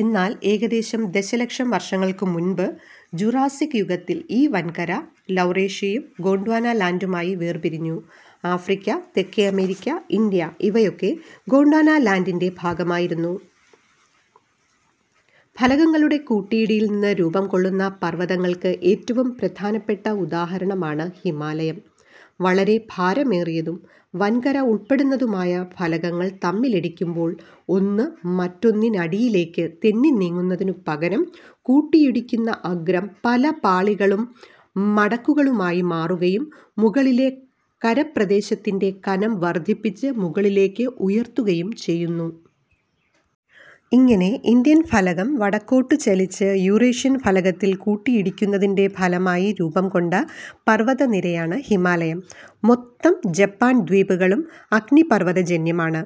എന്നാൽ ഏകദേശം ദശലക്ഷം വർഷങ്ങൾക്കുമുൻപ്, ജൂറാസ്സിക് യുഗത്തിൽ ഈ വൻകര ലൗറേഷ്യയും ഗോണ്ട്വാനാ ലാൻഡുമായി വേർപിരിഞ്ഞു. ആഫ്രിക്ക, തെക്കേ അമേരിക്ക, ഇന്ത്യ ഇവയൊക്കെ ഗോണ്ടാനാ ലാൻഡിന്റെ ഭാഗമായിരുന്നു. ഫലകങ്ങളുടെ കൂട്ടിയിടിയിൽ നിന്ന് രൂപം കൊള്ളുന്ന പർവതങ്ങൾക്ക് ഏറ്റവും പ്രധാനപ്പെട്ട ഉദാഹരണമാണ് ഹിമാലയം. വളരെ ഭാരമേറിയതും വൻകര ഉൾപ്പെടുന്നതുമായ ഫലകങ്ങൾ തമ്മിലിടിക്കുമ്പോൾ ഒന്ന് മറ്റൊന്നിനടിയിലേക്ക് തെന്നി നീങ്ങുന്നതിനു പകരം കൂട്ടിയിടിക്കുന്ന അഗ്രം പല പാളികളും മടക്കുകളുമായി മാറുകയും, മുകളിലെ കരപ്രദേശത്തിന്റെ കനം വർദ്ധിപ്പിച്ച് മുകളിലേക്ക് ഉയർത്തുകയും ചെയ്യുന്നു. ഇങ്ങനെ ഇന്ത്യൻ ഫലകം വടക്കോട്ടു ചലിച്ച് യുറേഷ്യൻ ഫലകത്തിൽ കൂട്ടിയിടിക്കുന്നതിന്റെ ഫലമായി രൂപം കൊണ്ട പർവതനിരയാണ് ഹിമാലയം. മൊത്തം ജപ്പാൻ ദ്വീപുകളും അഗ്നിപർവതജന്യമാണ്.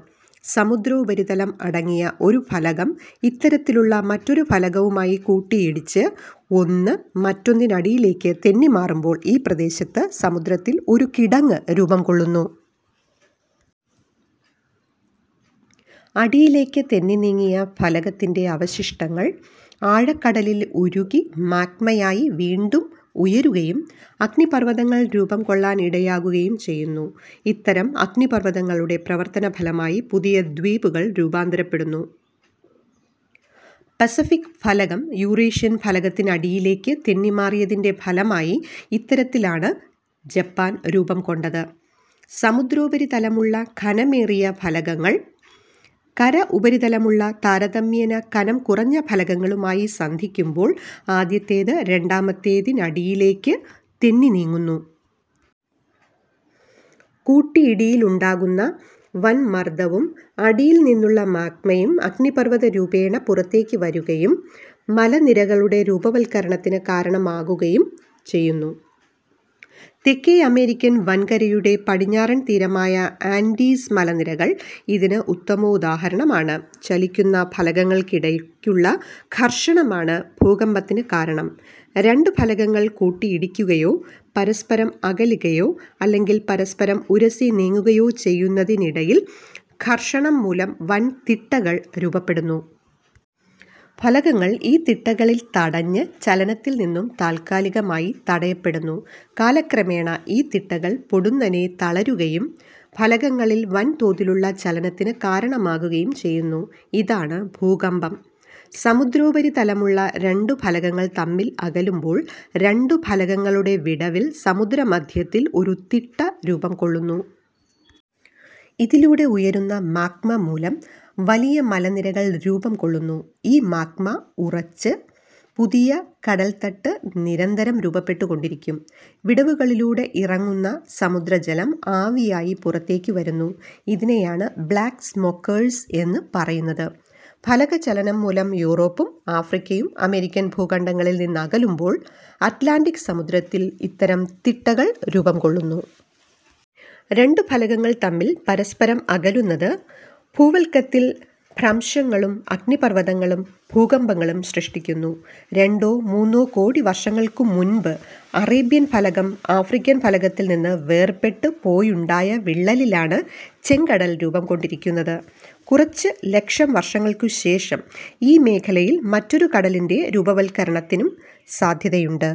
സമുദ്രോപരിതലം അടങ്ങിയ ഒരു ഫലകം ഇത്തരത്തിലുള്ള മറ്റൊരു ഫലകവുമായി കൂട്ടിയിടിച്ച് ഒന്ന് മറ്റൊന്നിനടിയിലേക്ക് തെന്നി മാറുമ്പോൾ ഈ പ്രദേശത്ത് സമുദ്രത്തിൽ ഒരു കിടങ്ങ് രൂപം കൊള്ളുന്നു. അടിയിലേക്ക് തെന്നി നീങ്ങിയ ഫലകത്തിന്റെ അവശിഷ്ടങ്ങൾ ആഴക്കടലിൽ ഉരുകി മാഗ്മയായി വീണ്ടും ഉയരുകയും അഗ്നിപർവതങ്ങൾ രൂപം കൊള്ളാൻ ഇടയാകുകയും ചെയ്യുന്നു. ഇത്തരം അഗ്നിപർവതങ്ങളുടെ പ്രവർത്തനഫലമായി പുതിയ ദ്വീപുകൾ രൂപാന്തരപ്പെടുന്നു. പസഫിക് ഫലകം യുറേഷ്യൻ ഫലകത്തിനടിയിലേക്ക് തെന്നിമാറിയതിന്റെ ഫലമായി ഇത്തരത്തിലാണ് ജപ്പാൻ രൂപം കൊണ്ടത്. സമുദ്രോപരിതലമുള്ള ഖനമേറിയ ഫലകങ്ങൾ, കര ഉപരിതലമുള്ള താരതമ്യേന കനം കുറഞ്ഞ ഫലകങ്ങളുമായി സന്ധിക്കുമ്പോൾ ആദ്യത്തേത് രണ്ടാമത്തേതിനടിയിലേക്ക് തെന്നി നീങ്ങുന്നു. കൂട്ടിയിടിയിലുണ്ടാകുന്ന വൻ മർദ്ദവും അടിയിൽ നിന്നുള്ള മാഗ്മയും അഗ്നിപർവതരൂപേണ പുറത്തേക്ക് വരുകയും മലനിരകളുടെ രൂപവത്കരണത്തിന് കാരണമാകുകയും ചെയ്യുന്നു. തേക്കേ അമേരിക്കൻ വൻകരയുടെ പടിഞ്ഞാറൻ തീരമായ ആൻഡീസ് മലനിരകൾ ഇതിന് ഉത്തമോദാഹരണമാണ് ചലിക്കുന്ന ഫലകങ്ങൾക്കിടക്കുള്ള ഘർഷണമാണ് ഭൂകമ്പത്തിന് കാരണം. രണ്ടു ഫലകങ്ങൾ കൂട്ടിയിടിക്കുകയോ, പരസ്പരം അകലുകയോ അല്ലെങ്കിൽ പരസ്പരം ഉരസി നീങ്ങുകയോ ചെയ്യുന്നതിനിടയിൽ ഘർഷണം മൂലം വൻ തിട്ടകൾ രൂപപ്പെടുന്നു. ഫലകങ്ങൾ ഈ തിട്ടകളിൽ തടഞ്ഞ് ചലനത്തിൽ നിന്നും താൽക്കാലികമായി തടയപ്പെടുന്നു. കാലക്രമേണ ഈ തിട്ടകൾ പൊടുന്നനേ തകരുകയും ഫലകങ്ങളിൽ വൻതോതിലുള്ള ചലനത്തിന് കാരണമാകുകയും ചെയ്യുന്നു. ഇതാണ് ഭൂകമ്പം. സമുദ്രോപരിതലമുള്ള രണ്ടു ഫലകങ്ങൾ തമ്മിൽ അകലുമ്പോൾ രണ്ടു ഫലകങ്ങളുടെ വിടവിൽ സമുദ്രമദ്ധ്യത്തിൽ ഒരു തിട്ട രൂപം കൊള്ളുന്നു. ഇതിലൂടെ ഉയരുന്ന മാഗ്മ മൂലം വലിയ മലനിരകൾ രൂപം കൊള്ളുന്നു. ഈ മാഗ്മ ഉറച്ച് പുതിയ കടൽത്തട്ട് നിരന്തരം രൂപപ്പെട്ടുകൊണ്ടിരിക്കും. വിടവുകളിലൂടെ ഇറങ്ങുന്ന സമുദ്രജലം ആവിയായി പുറത്തേക്കു വരുന്നു. ഇതിനെയാണ് ബ്ലാക്ക് സ്മോക്കേഴ്സ് എന്നു പറയുന്നത്. ഫലകചലനം മൂലം യുറോപ്പും ആഫ്രിക്കയും അമേരിക്കൻ ഭൂഖണ്ഡങ്ങളിൽ നിന്നകലുമ്പോൾ അറ്റ്ലാന്റിക് സമുദ്രത്തിൽ ഇത്തരം തിട്ടകൾ രൂപം കൊള്ളുന്നു. രണ്ടു ഫലകങ്ങൾ തമ്മിൽ പരസ്പരം അകലുന്നത്, ഭൂവൽക്കത്തിൽ ഭ്രംശങ്ങളും, അഗ്നിപർവതങ്ങളും, ഭൂകമ്പങ്ങളും സൃഷ്ടിക്കുന്നു. രണ്ടോ മൂന്നോ കോടി വർഷങ്ങൾക്കു മുൻപ് അറേബ്യൻ ഫലകം ആഫ്രിക്കൻ ഫലകത്തിൽ നിന്ന് വേർപെട്ടു പോയുണ്ടായ വിള്ളലിലാണ് ചെങ്കടൽ രൂപം കൊണ്ടിരിക്കുന്നത്. കുറച്ച് ലക്ഷം വർഷങ്ങൾക്കു ശേഷം ഈ മേഖലയിൽ മറ്റൊരു കടലിന്റെ രൂപവത്കരണത്തിനും സാധ്യതയുണ്ട്.